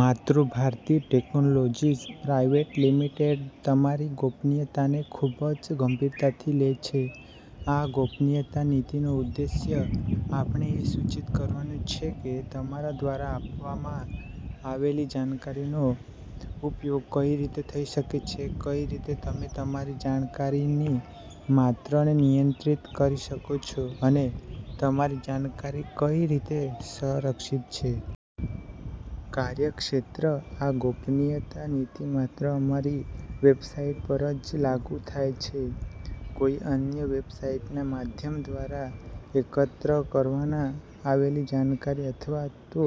Matrubharti technologies private limited તમારી ગોપનીયતાને ખૂબ જ ગંભીરતાથી લે છે. આ ગોપનીયતા નીતિનો ઉદ્દેશ્ય આપને એ સૂચિત કરવાનો છે કે તમારા દ્વારા આપવામાં આવેલી જાણકારીનો ઉપયોગ કઈ રીતે થઇ શકે છે, કઈ રીતે તમે તમારી જાણકારીની માત્રને નિયંત્રિત કરી શકો છો, અને તમારી જાણકારી કઈ રીતે સંરક્ષિત છે. કાર્યક્ષેત્ર આ ગોપનીયતા નીતિ માત્ર અમારી વેબસાઈટ પર જ લાગુ થાય છે. કોઈ અન્ય વેબસાઈટના માધ્યમ દ્વારા એકત્ર કરવાના આવેલી જાણકારી અથવા તો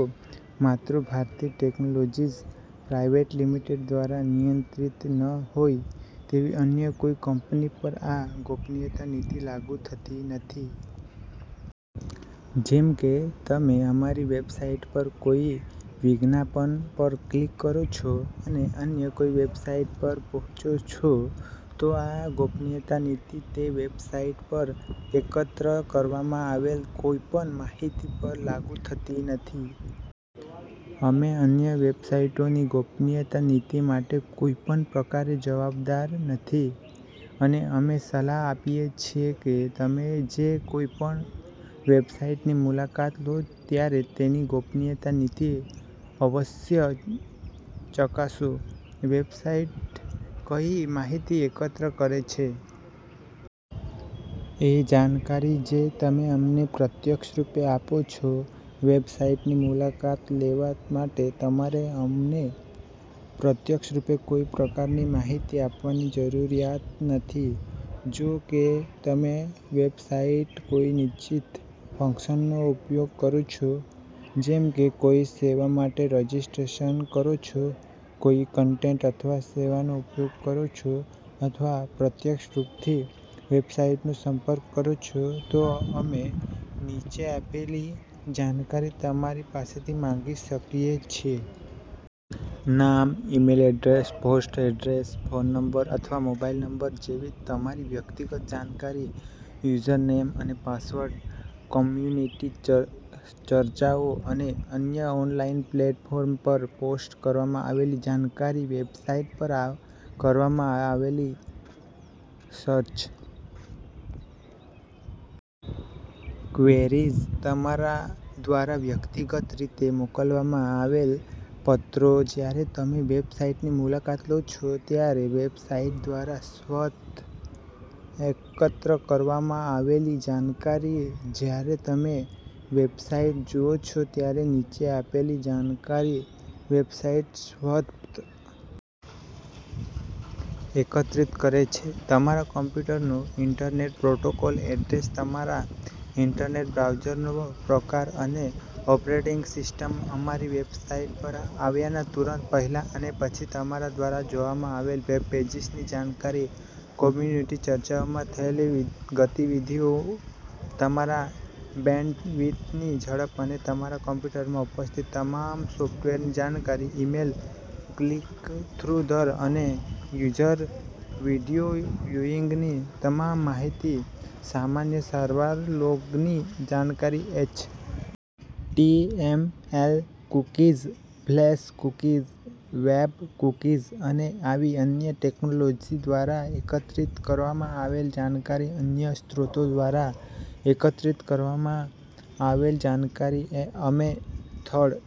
માતૃભારતી ટેક્નૉલોજિઝ પ્રાઇવેટ લિમિટેડ દ્વારા નિયંત્રિત ન હોય તેવી અન્ય કોઈ કંપની પર આ ગોપનીયતા નીતિ લાગુ થતી નથી. જેમ કે, તમે અમારી વેબસાઈટ પર કોઈ વિજ્ઞાપન પર ક્લિક કરો છો અને અન્ય કોઈ વેબસાઈટ પર પહોંચો છો તો આ ગોપનીયતા નીતિ તે વેબસાઈટ પર એકત્ર કરવામાં આવેલ કોઈ પણ માહિતી પર લાગુ થતી નથી. અમે અન્ય વેબસાઈટોની ગોપનીયતા નીતી માટે કોઈ પણ પ્રકારે જવાબદાર નથી અને અમે સલાહ આપીએ છીએ કે તમે જે કોઈ પણ વેબસાઈટની મુલાકાત લો ત્યારે તેની ગોપનીયતા નીતિ અવશ્ય ચકાસો. વેબસાઈટ કઈ માહિતી એકત્ર કરે છે? એ જાણકારી જે તમે અમને પ્રત્યક્ષરૂપે આપો છો. વેબસાઈટની મુલાકાત લેવા માટે તમારે અમને પ્રત્યક્ષરૂપે કોઈ પ્રકારની માહિતી આપવાની જરૂરિયાત નથી. જો કે તમે વેબસાઈટ કોઈ નિશ્ચિત ફંક્શનનો ઉપયોગ કરો છો, જેમ કે કોઈ સેવા માટે રજિસ્ટ્રેશન કરો છો, કોઈ કન્ટેન્ટ અથવા સેવાનો ઉપયોગ કરો છો અથવા પ્રત્યક્ષ રૂપથી વેબસાઈટનો સંપર્ક કરો છો તો અમે નીચે આપેલી જાણકારી તમારી પાસેથી માંગી શકીએ છીએ. નામ, email address, postal address. Phone number અથવા મોબાઈલ નંબર જેવી તમારી વ્યક્તિગત જાણકારી. યુઝરનેમ અને પાસવર્ડ કમ્યુનિટી ચર્ચાઓ અને અન્ય ઓનલાઈન પ્લૅટફોર્મ પર પોસ્ટ કરવામાં આવેલી જાણકારી વેબસાઈટ પર કરવામાં આવેલી સર્ચ ક્વેરીઝ તમારા દ્વારા વ્યક્તિગત રીતે મોકલવામાં આવેલ પત્રો જયારે તમે વેબસાઈટની મુલાકાત લો છો ત્યારે વેબસાઈટ દ્વારા સ્વતઃ એકત્ર કરવામાં આવતી જાણકારી જયારે તમે વેબસાઈટ જુઓ છો ત્યારે નીચે આપેલ જાણકારી વેબસાઈટ સ્વતઃ એકત્રિત કરે છે: તમારા કમ્પ્યુટરનું ઈન્ટરનેટ પ્રોટોકોલ એડ્રેસ તમારા ઈન્ટરનેટ બ્રાઉઝરનો પ્રકાર અને ઓપરેટીંગ સિસ્ટમ અમારી વેબસાઈટ પર આવ્યાના તુરંત પહેલા અને પછી તમારા દ્વારા જોવામાં આવેલ વેબપેજીસની જાણકારી કમ્યુનિટી ચર્ચાઓમાં થયેલ ગતિવિધિઓ તમારા બેન્ડવિથની ઝડપ અને તમારા કમ્પ્યુટરમાં ઉપસ્થિત તમામ સોફ્ટવેરની જાણકારી ઈમેલ ક્લિક-થ્રુ દર અને યુઝર્સ વિડીયો વ્યુઈંગની તમામ માહિતી સામાન્ય સારવાર લોગની જાણકારી H. T. M. L cookies, flash cookies, web cookies અને આવી અન્ય ટેક્નૉલોજિ દ્વારા એકત્રિત કરવામાં આવેલ જાણકારી અન્ય સ્ત્રોતો દ્વારા એકત્રિત કરવામાં આવેલ જાણકારી અમે થર્ડ